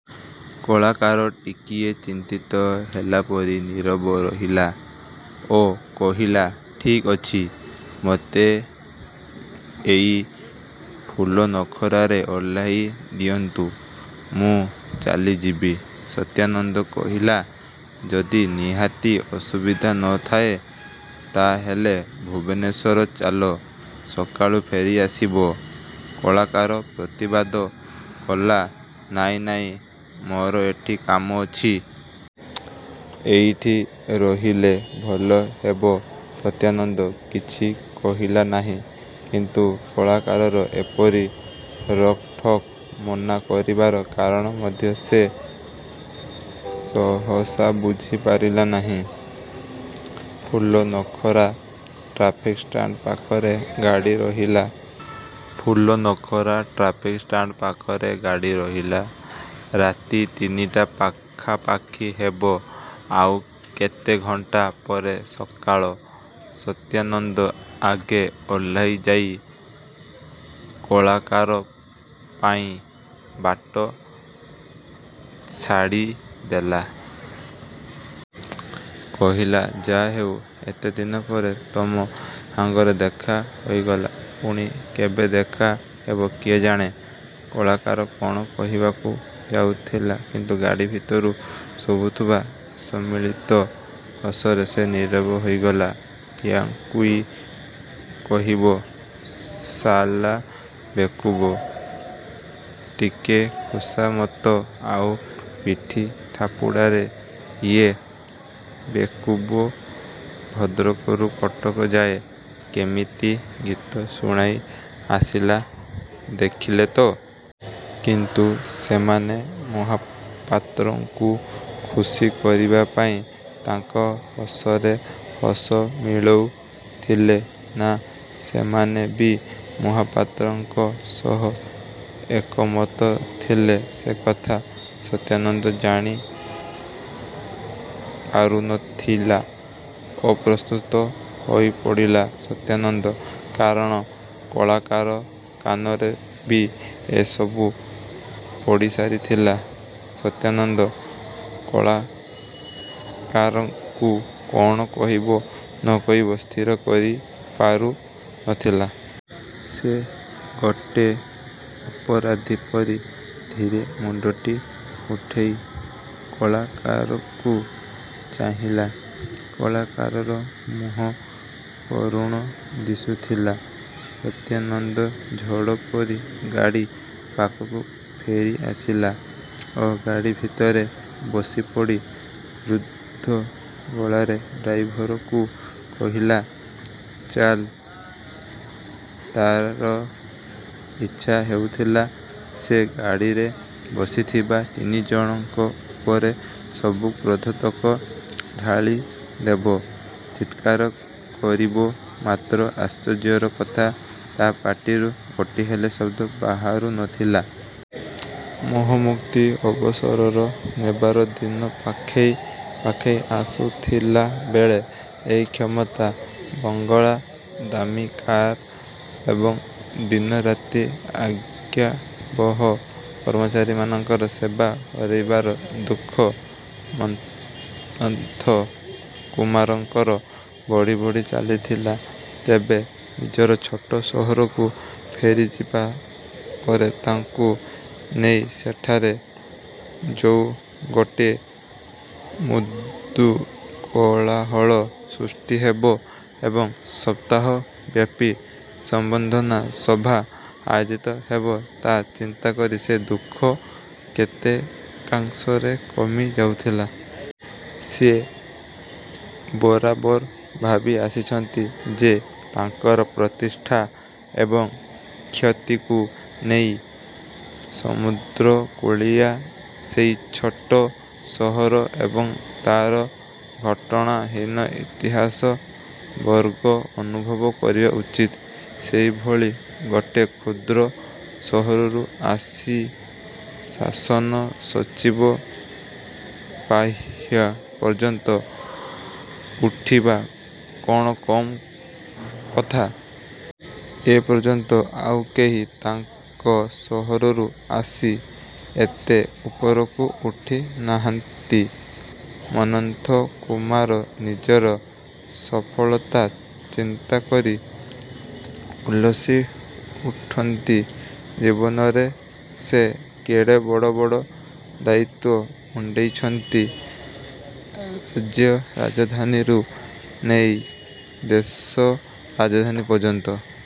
କଳାକାର ଟିକିଏ ଚିନ୍ତିତ ହେଲାପରି ନିରବ ରହିଲା ଓ କହିଲା, "ଠିକ୍ ଅଛି। ମୋତେ ଏଇ ଫୁଲନଖରାରେ ଓହ୍ଲାଇ ଦିଅନ୍ତୁ। ମୁଁ ଚାଲିଯିବି।" ସତ୍ୟାନନ୍ଦ କହିଲା, "ଯଦି ନିହାତି ଅସୁବିଧା ନ ଥାଏ, ତାହେଲେ ଭୁବନେଶ୍ୱର ଚାଲ, ସକାଳୁ ଫେରିଆସିବ। "କଳାକାର ପ୍ରତିବାଦ କଲା, "ନାଇଁ, ନାଇଁ, ମୋର ଏଠି କାମ ଅଛି। ଏଇଠି ରହିଲେ ଭଲହେବ। ସତ୍ୟାନନ୍ଦ କିଛି କହିଲା ନାହିଁ। କିନ୍ତୁ କଳାକାରର ଏପରି ରୋକଠୋକ୍ ମନା କରିବାର କାରଣ ମଧ୍ୟ ସେ ସହସା ବୁଝିପାରିଲା ନାହିଁ। ଫୁଲନଖରା ଟ୍ରାଫିକ ଷ୍ଟାଣ୍ଡ ପାଖରେ ଗାଡ଼ି ରହିଲା। ରାତି ତିନିଟା ପାଖାପାଖି ହେବ। ଆଉ କେତେଘଣ୍ଟା ପରେ ସକାଳ। ସତ୍ୟାନନ୍ଦ ଆଗେ ଓହ୍ଲେଇ ଯାଇ କଳାକାର ପାଇଁ ବାଟ ଛାଡ଼ିଦେଲା। କହିଲା, ଯା ହେଉ, ଏତେଦିନ ପରେ ତମ ସାଙ୍ଗରେ ଦେଖା ହୋଇଗଲା। ପୁଣି କେବେ ଦେଖା ହେବ କିଏ ଜାଣେ। କଳାକାର କଣ କହିବାକୁ ଯାଉଥିଲା, କିନ୍ତୁ ଗାଡ଼ି ଭିତରୁ ଶୁଭୁଥିବା ସମ୍ମିଳିତ ହସରେ ସେ ନିରବ ହୋଇଗଲା। ୟାଙ୍କୁଇ କହିବ ଶାଲା ବେକୁବ। ଟିକେ ଖୁସାମତ ଆଉ ପିଠି ଥାପୁଡ଼ାରେ ଇଏ ବେକୁବ ଭଦ୍ରକରୁ କଟକ ଯାଏ କେମିତି ଗୀତ ଶୁଣାଇ ଆସିଲା ଦେଖିଲେ ତ! କିନ୍ତୁ ସେମାନେ ମହାପାତ୍ରଙ୍କୁ ଖୁସି କରିବା ପାଇଁ ତାଙ୍କ ହସରେ ହସ ମିଳଉଥିଲେ ନା ସେମାନେ ବି ମହାପାତ୍ରଙ୍କ ସହ ଏକମତ ଥିଲେ ସେକଥା ସତ୍ୟାନନ୍ଦ ଜାଣିପାରୁ ନଥିଲା। ଅପ୍ରସ୍ତୁତ ହୋଇପଡ଼ିଲା ସତ୍ୟାନନ୍ଦ, କାରଣ କଳାକାର କାନରେ ବି ଏସବୁ ପଡ଼ିସାରିଥିଲା। ସତ୍ୟାନନ୍ଦ କଳାକାରକୁ କଣ କହିବ ନ କହିବ ସ୍ଥିର କରିପାରୁ ନଥିଲା। ସେ ଗୋଟେ ଅପରାଧୀ ପରି ଧୀରେ ମୁଣ୍ଡଟି ଉଠେଇ କଳାକାରକୁ ଚାହିଁଲା। କଳାକାରର ମୁହଁ କରୁଣ ଦିଶୁଥିଲା। ସତ୍ୟାନନ୍ଦ ଝଡ଼ ପରି ଗାଡ଼ି ପାଖକୁ ଫେରିଆସିଲା ଓ ଗାଡ଼ି ଭିତରେ ବସିପଡ଼ି ରୁଦ୍ଧ ଗଳାରେ ଡ୍ରାଇଭରକୁ କହିଲା, "ଚାଲ।" ତାର ଇଚ୍ଛା ହେଉଥିଲା, ସେ ଗାଡ଼ିରେ ବସିଥିବା ତିନିଜଣଙ୍କ ଉପରେ ସବୁ କ୍ରୋଧତକ ଢାଳିଦେବ, ଚିତ୍କାର କରିବ ମାତ୍ର ଆଶ୍ଚର୍ଯ୍ୟର କଥା, ତା ପାଟିରୁ ଗୋଟେ ହେଲେ ଶବ୍ଦ ବାହାରୁ ନଥିଲା। ମୋହମୁକ୍ତି ଅବସର ନେବାର ଦିନ ପାଖେଇ ପାଖେଇ ଆସୁଥିଲାବେଳେ ଏହି କ୍ଷମତା, ବଙ୍ଗଳା, ଦାମୀ କାର ଏବଂ ଦିନରାତି ଆଜ୍ଞାବହ କର୍ମଚାରୀମାନଙ୍କର ସେବା ହରେଇବାର ଦୁଃଖ ମନ୍ମଥ କୁମାରଙ୍କର ବଢ଼ି ବଢ଼ି ଚାଲିଥିଲା। ତେବେ ନିଜର ଛୋଟ ସହରକୁ ଫେରିଯିବା ପରେ ତାଙ୍କୁ ନେଇ ସେଠାରେ ଯୋଉ ଗୋଟେ ମୃଦୁ କୋଳାହଳ ସୃଷ୍ଟି ହେବ ଏବଂ ସପ୍ତାହବ୍ୟାପି ସମ୍ବର୍ଦ୍ଧନା ସଭା ଆୟୋଜିତ ହେବ, ତାହା ଚିନ୍ତାକରି ସେ ଦୁଃଖ କେତେକାଂଶରେ କମି ଯାଉଥିଲା। ସେ ବରାବର ଭାବି ଆସିଛନ୍ତି ଯେ ତାଙ୍କର ପ୍ରତିଷ୍ଠା ଏବଂ ଖ୍ୟାତିକୁ ନେଇ ସମୁଦ୍ରକୂଳିଆ ସେଇ ଛୋଟ ସହର ଏବଂ ତାର ଘଟଣାହୀନ ଇତିହାସ ଗର୍ବ ଅନୁଭବ କରିବା ଉଚିତ। ସେଭଳି ଗୋଟେ କ୍ଷୁଦ୍ର ସହରରୁ ଆସି ଶାସନସଚିବ ପାହ୍ୟା ପର୍ଯ୍ୟନ୍ତ ଉଠିବା କଣ କମ୍ କଥା! ଏପର୍ଯ୍ୟନ୍ତ ଆଉ କେହି ତାଙ୍କ ସହରରୁ ଆସି ଏତେ ଉପରକୁ ଉଠି ନାହାନ୍ତି। ମନ୍ମଥ କୁମାର ନିଜର ସଫଳତା ଚିନ୍ତା କରି ଉଲ୍ଲସି ଉଠନ୍ତି। ଜୀବନରେ ସେ କେତେ ବଡ଼ ବଡ଼ ଦାୟିତ୍ୱ ମୁଣ୍ଡେଇଛନ୍ତି। ରାଜ୍ୟ ରାଜଧାନୀରୁ ନେଇ ଦେଶ ରାଜଧାନୀ ପର୍ଯ୍ୟନ୍ତ।